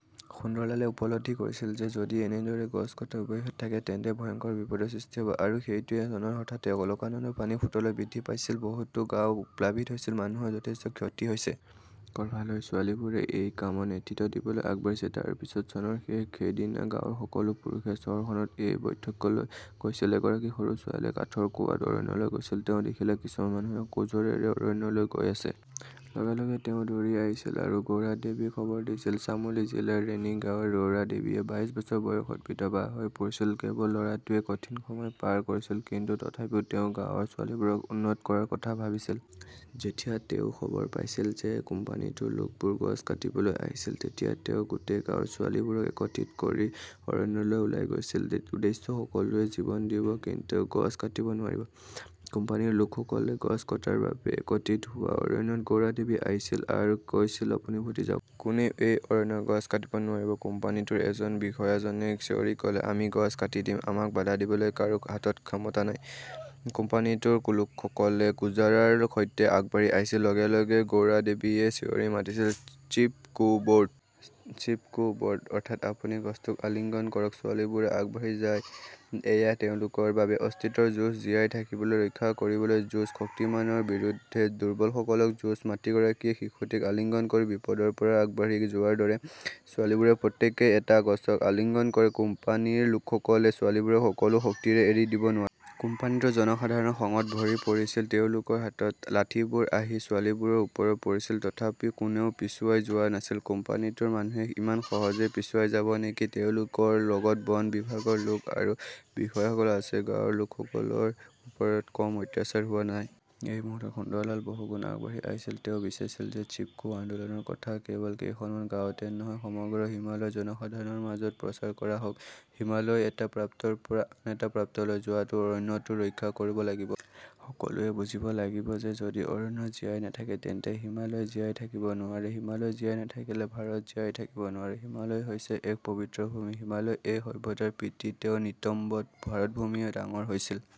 সুন্দৰলালে উপলব্ধি কৰিছিল যে যদি এনেদৰে গছ কটা অব্যাহত থাকে, তেন্তে ভয়ংকৰ বিপদৰ সৃষ্টি হ 'ব। আৰু সেইটোৱেই। চনত সাধাৰণতে অলকানন্দাৰ পানী ফুটলৈ বৃদ্ধি পাইছিল। বহুতো গাঁও প্লাবিত হৈছিল। মানুহৰ যথেষ্ট ক্ষতি হৈছে। গৰ্ভালৰ ছোৱালীবোৰে এই কামৰ নেতৃত্ব দিবলৈ আগবাঢ়িছে। তাৰ পিছত চনৰ শেষ। সেইদিনা গাঁৱৰ সকলো পুৰুষে চহৰখনত এখন বৈঠকলৈ গৈছিল। এগৰাকী সৰু ছোৱালী কাঠৰ কুঁৱাত অৰণ্যলৈ গৈছিল। তেওঁ দেখিলে কিছুমান মানুহ কুঁজৰেৰে অৰণ্যলৈ গৈ আছে। লগে - লগে তেওঁ দৌৰি আহিছিল আৰু গৌৰা দেৱীক খবৰ দিছিল। চামোলি জিলাৰ ৰেনী গাঁৱৰ গৌৰা দেৱীয়ে বাইশ বছৰ বয়সত বিধৱা হৈ পৰিছিল। কেৱল ল'ৰাটোৱেই কঠিন সময় পাৰ কৰিছিল, কিন্তু তথাপিও তেওঁ গাঁৱৰ ছোৱালীবোৰক উন্নত কৰাৰ কথা ভাবিছিল। যেতিয়া তেওঁ খবৰ পাইছিল যে কোম্পানীটোৰ লোকবোৰ গছ কাটিবলৈ আহিছিল, তেতিয়া তেওঁ গোটেই গাঁৱৰ ছোৱালীবোৰক একত্ৰিত কৰি অৰণ্যলৈ ওলাই গৈছিল। উদ্দেশ্য সকলোৱে জীৱন দিব কিন্তু গছ কাটিব নোৱাৰিব। কোম্পানীৰ লোকসকলে গছ কটাৰ বাবে একত্ৰিত হোৱা অৰণ্যত গৌৰা দেৱী আহিছিল আৰু কৈছিল, আপুনি উভতি যাওক। কোনেও এই অৰণ্যৰ গছ কাটিব নোৱাৰিব। কোম্পানীটোৰ এজন বিষয়াজনে চিঞৰি ক'লে আমি গছ কাটি দিম। আমাক বাধা দিবলৈ কাৰো হাতত ক্ষমতা নাই। কোম্পানীটোৰ লোকসকলে কুঁজৰাৰ সৈতে আগবাঢ়ি আহিছিল। লগে লগে গৌৰাদেৱীয়ে চিঞৰি মাতিছিল-চিপ কো বৰ্ড। চিপ কো বৰ্ড। অৰ্থাৎ, আপুনি গছটোক আলিঙ্গন কৰক। ছোৱালীবোৰে আগবাঢ়ি যায়। এয়া তেওঁলোকৰ বাবে অস্তিত্বৰ যুঁজ। জীয়াই থাকিবলৈ, ৰক্ষা কৰিবলৈ যুঁজ। শক্তিমানৰ বিৰুদ্ধে দুৰ্বলসকলৰ যুঁজ। মাতৃগৰাকীয়ে শিশুটিক আলিঙ্গন কৰি বিপদৰ পৰা আগবাঢ়ি যোৱাৰ দৰে, ছোৱালীবোৰে প্ৰত্যেকেই এটা গছক আলিঙ্গন কৰে, কোম্পানীৰ লোকসকলে ছোৱালীবোৰক সকলো শক্তিৰে এৰি দিব নোৱাৰে। কোম্পানীটোৰ জনসাধাৰণ খঙত ভৰি পৰিছিল। তেওঁলোকৰ হাতৰ লাঠিবোৰ আহি ছোৱালীবোৰৰ ওপৰত পৰিছিল। তথাপিও কোনেও পিছুৱাই যোৱা নাই। কোম্পানীটোৰ মানুহে ইমান সহজে পিছুৱাই যাব নেকি? তেওঁলোকৰ লগত বন বিভাগৰ লোক আৰু বিষয়াসকল আছে। গাঁৱৰ লোকসকলৰ ওপৰত কম অত্যাচাৰ হোৱা নাই। এই মুহূৰ্তত সুন্দৰলাল বহুগুণ আগবাঢ়ি আহিছিল। তেওঁ বিচাৰিছিল যে চিপকো আন্দোলনৰ কথা কেৱল কেইখনমান গাঁৱতে নহয়, সমগ্ৰ হিমালয়ৰ জনসাধাৰণৰ মাজত প্ৰচাৰ কৰা হওক। হিমালয়ৰ এটা প্ৰান্তৰ পৰা আন এটা প্ৰান্তলৈ যোৱাটোৱে অৰণ্যটো ৰক্ষা কৰিব লাগিব। সকলোৱে বুজিব লাগিব যে যদি অৰণ্য জীয়াই নাথাকে তেন্তে হিমালয় জীয়াই থাকিব নোৱাৰে। হিমালয় জীয়াই নাথাকিলে ভাৰত জীয়াই থাকিব নোৱাৰে। হিমালয় হৈছে এক পবিত্ৰ ভূমি। হিমালয় এই সভ্যতাৰ পিতৃ। তেওঁৰ নিতম্বত ভাৰতভূমি ডাঙৰ হৈছিল।